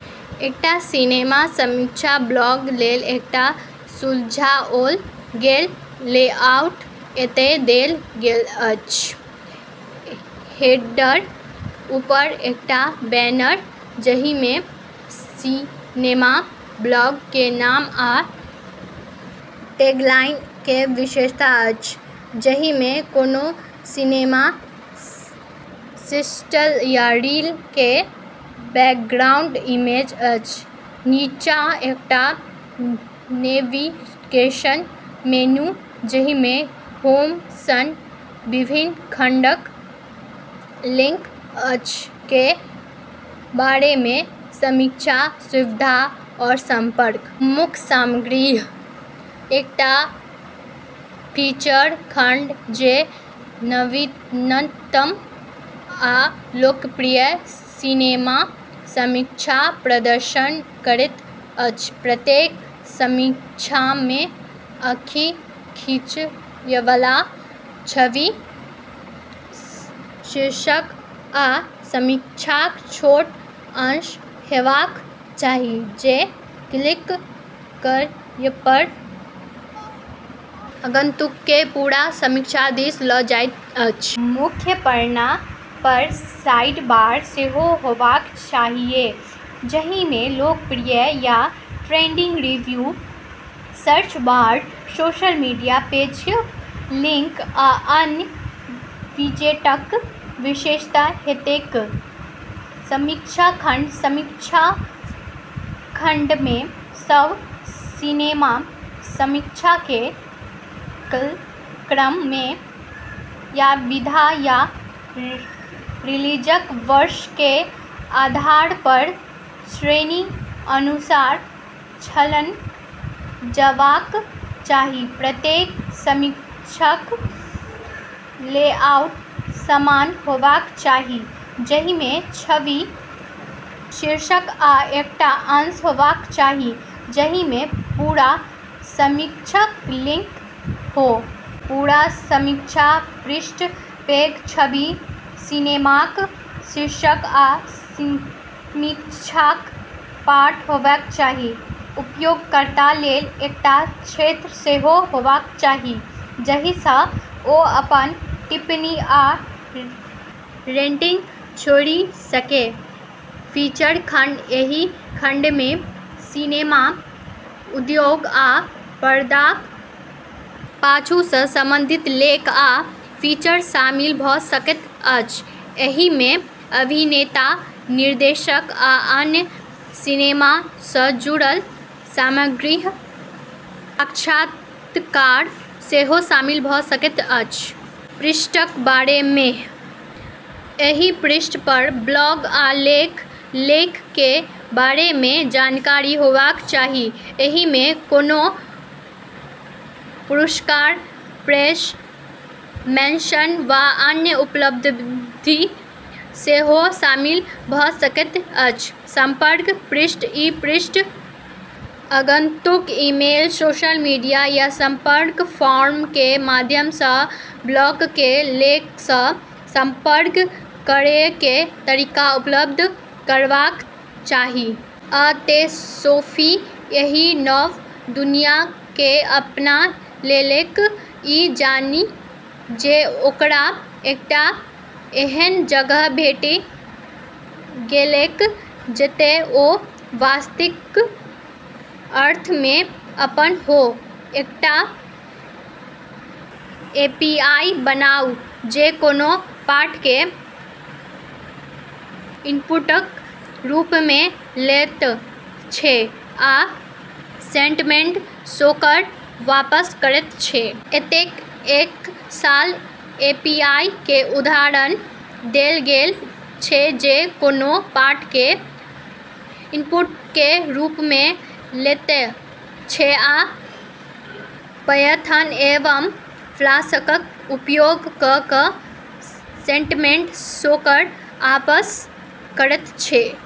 एकटा सिनेमा समीक्षा ब्लॉगक लेल एकटा सुझाओल गेल लेआउट एतय देल गेल अछि: हेडर: ऊपर एकटा बैनर जाहिमे सिनेमा ब्लॉग के नाम आ टैगलाइन के विशेषता अछि, जाहिमे कोनो सिनेमा स्टिल या रील के बैकग्राउंड इमेज अछि नीचा एकटा नेविगेशन मेनू, जाहिमे होम सन विभिन्न खंडक लिंक अछि, के बारेमे, समीक्षा, सुविधा, और संपर्क। मुख्य सामग्री: एकटा फीचर्ड खंड जे नवीनतम आ लोकप्रिय सिनेमा समीक्षाक प्रदर्शन करैत अछि प्रत्येक समीक्षामे आँखि खींचयवला छवि, शीर्षक, आ समीक्षाक छोट अंश हेबाक चाही, जे क्लिक करयपर आगंतुककेँ पूरा समीक्षा दिस ल' जाइत अछि. मुख्य पन्नापर साइडबार सेहो होयबाक चाहियै, जाहिमे लोकप्रिय या trending review, search bar, social media पेजक लिंक, आ अन्य विजेटक विशेषता हेतैक। समीक्षा खंड: समीक्षा खंडमे सब सिनेमा समीक्षाके कालक्रममे या विधा या रिलीजक वर्षके आधारपर श्रेणीक अनुसार छानल जयबाक चाही प्रत्येक समीक्षाक लेआउट समान होयबाक चाही, जाहिमे छवि, शीर्षक, आ एकटा अंश होयबाक चाही जाहिमे पूरा समीक्षाक लिंक हो। पूरा समीक्षा पृष्ठपर पैघ छवि, सिनेमाक शीर्षक, आ समीक्षाक पाठ होयबाक चाही। उपयोगकर्ताक लेल एकटा क्षेत्र सेहो होयबाक चाही जाहिसँ ओ अपन टिप्पणी आ रेटिंग छोड़ि सकय। फीचर खंड: एहि खंडमे सिनेमा उद्योग आ पर्दाक पाछुसँ संबंधित लेख आ फीचर शामिल भ' सकैत अछि एहिमे अभिनेता, निर्देशक, आ अन्य सिनेमा सँ जुड़ल सामग्रीक साक्षात्कार सेहो शामिल भ' सकैत अछि। पृष्ठक बारेमे: एहि पृष्ठपर ब्लॉग आ लेखक (लेखक) के बारेमे जानकारी होयबाक चाही। एहिमे कोनो पुरस्कार, प्रेस मेन्शन, वा अन्य उपलब्धि सेहो शामिल भ' सकैत अछि। संपर्क पृष्ठ: ई पृष्ठ आगंतुकक ईमेल, सोशल मीडिया, या संपर्क फॉर्म के माध्यमसँ ब्लॉगके लेखकसँ संपर्क करयके तरीका उपलब्ध करयबाक चाही। आ तेँ सोफी एहि नव दुनियाँकेँ अपना लेलक, ई जानि जे ओकरा एकटा एहन जगह भेटि गेलैक जतय ओ वास्तविक अर्थमे अपन हो। एकटा एपीआई बनाउ जे कोनो पाठकेँ इनपुटक रूपमे लैत छै आ सेंटमेंट स्कोर वापस करैत छै। एतय एक सरल एपीआई के उदाहरण देल गेल छै जे कोनो पाठकेँ इनपुटके रूपमे लैत छै आ पायथन एवं फ्लास्कक उपयोग क' क' सेंटमेंट स्कोर आपस करैत छै।